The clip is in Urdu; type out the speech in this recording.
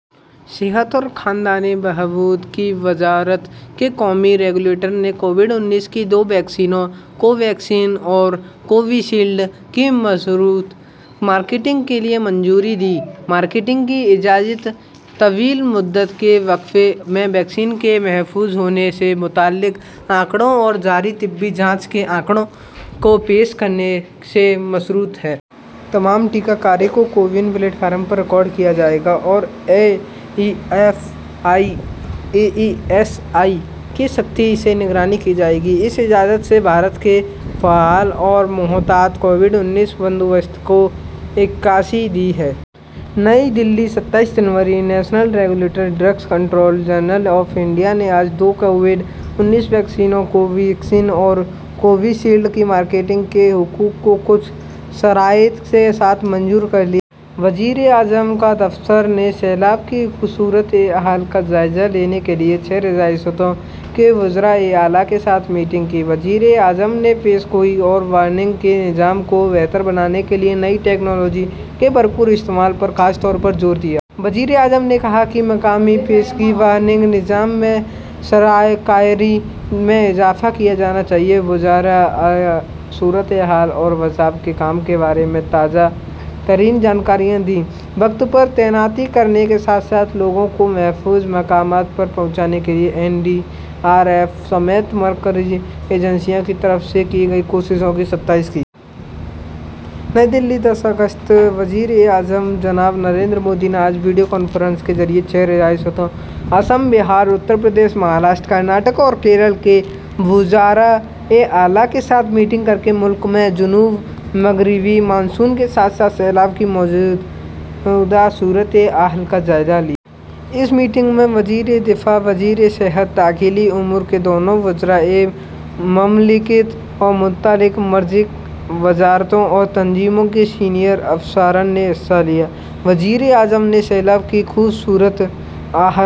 صحت اور خاندانی بہبود کی وزارت قومی ریگولیٹر نے کووڈ انیس کی دو ویکسینز، کو ویکسین اور کووی شیلڈ، کی مشروط مارکیٹنگ کے لیے منظوری دی۔ مارکیٹنگ کی اجازت طویل مدت کے وقفے میں ویکسین کے محفوظ ہونے سے متعلق اعداد و شمار اور جاری طبی جانچ کے اعداد و شمار پیش کرنے سے مشروط ہے۔ تمام ٹیکہ کاری کو کوون پلیٹ فارم پر ریکارڈ کیا جائے گا اور A E F I, A E S I کی سختی سے نگرانی کی جائے گی۔ اس اجازت سے بھارت کے فعال اور محتاط کووڈ انیس بندوبست کی عکاسی ہوتی ہے۔ نئی دہلی، ستائیس جنوری۔ National regulator, drugs controller general of India نے آج دو کووڈ انیس ویکسینز، کو ویکسین اور کووی شیلڈ، کی مارکیٹنگ کے حقوق کو کچھ شرائط کے ساتھ منظور کر لیا ہے۔ وزیراعظم کا دفتر وزیر اعظم نے سیلاب کی صورت حال کا جائزہ لینے کے لیے چھ ریاستوں کے وزرائے اعلیٰ کے ساتھ میٹنگ کی۔ وزیر اعظم نے پیش گوئی اور وارننگ کے نظام کو بہتر بنانے کے لیے نئی ٹیکنالوجی کے بھرپور استعمال پر خاص طور پر زور دیا۔ وزیر اعظم نے کہا کہ مقامی پیشگی وارننگ نظام میں سرمایہ کاری میں اضافہ کیا جانا چاہیے۔ وزرائے اعلیٰ نے سیلاب کی صورت حال اور بچاؤ کے کام کے بارے میں تازہ ترین جانکاری دی؛ وقت پر تعیناتی کرنے کے ساتھ ساتھ لوگوں کو محفوظ مقامات پر پہنچانے کے لیے این ڈی آر ایف سمیت مرکزی ایجنسیوں کی طرف سے کی گئی کوششوں کی ستائش کی۔ نئی دہلی، دس اگست۔ وزیر اعظم جناب نریندر مودی نے آج ویڈیو کانفرنس کے ذریعے چھ ریاستوں، آسام، بہار، اتر پردیش، مہاراشٹر، کرناٹک اور کیرالہ، کے وزرائے اعلیٰ کے ساتھ میٹنگ کر کے ملک میں جنوب مغربی مانسون کے ساتھ ساتھ سیلاب کی موجودہ صورت حال کا جائزہ لیا۔ اس میٹنگ میں وزیر دفاع، وزیر صحت، داخلی امور کے دونوں وزرائے مملکت اور متعلقہ مرکزی وزارتوں اور تنظیموں کے سینئر افسران نے حصہ لیا۔ وزیر اعظم نے سیلاب کی صورت حال کا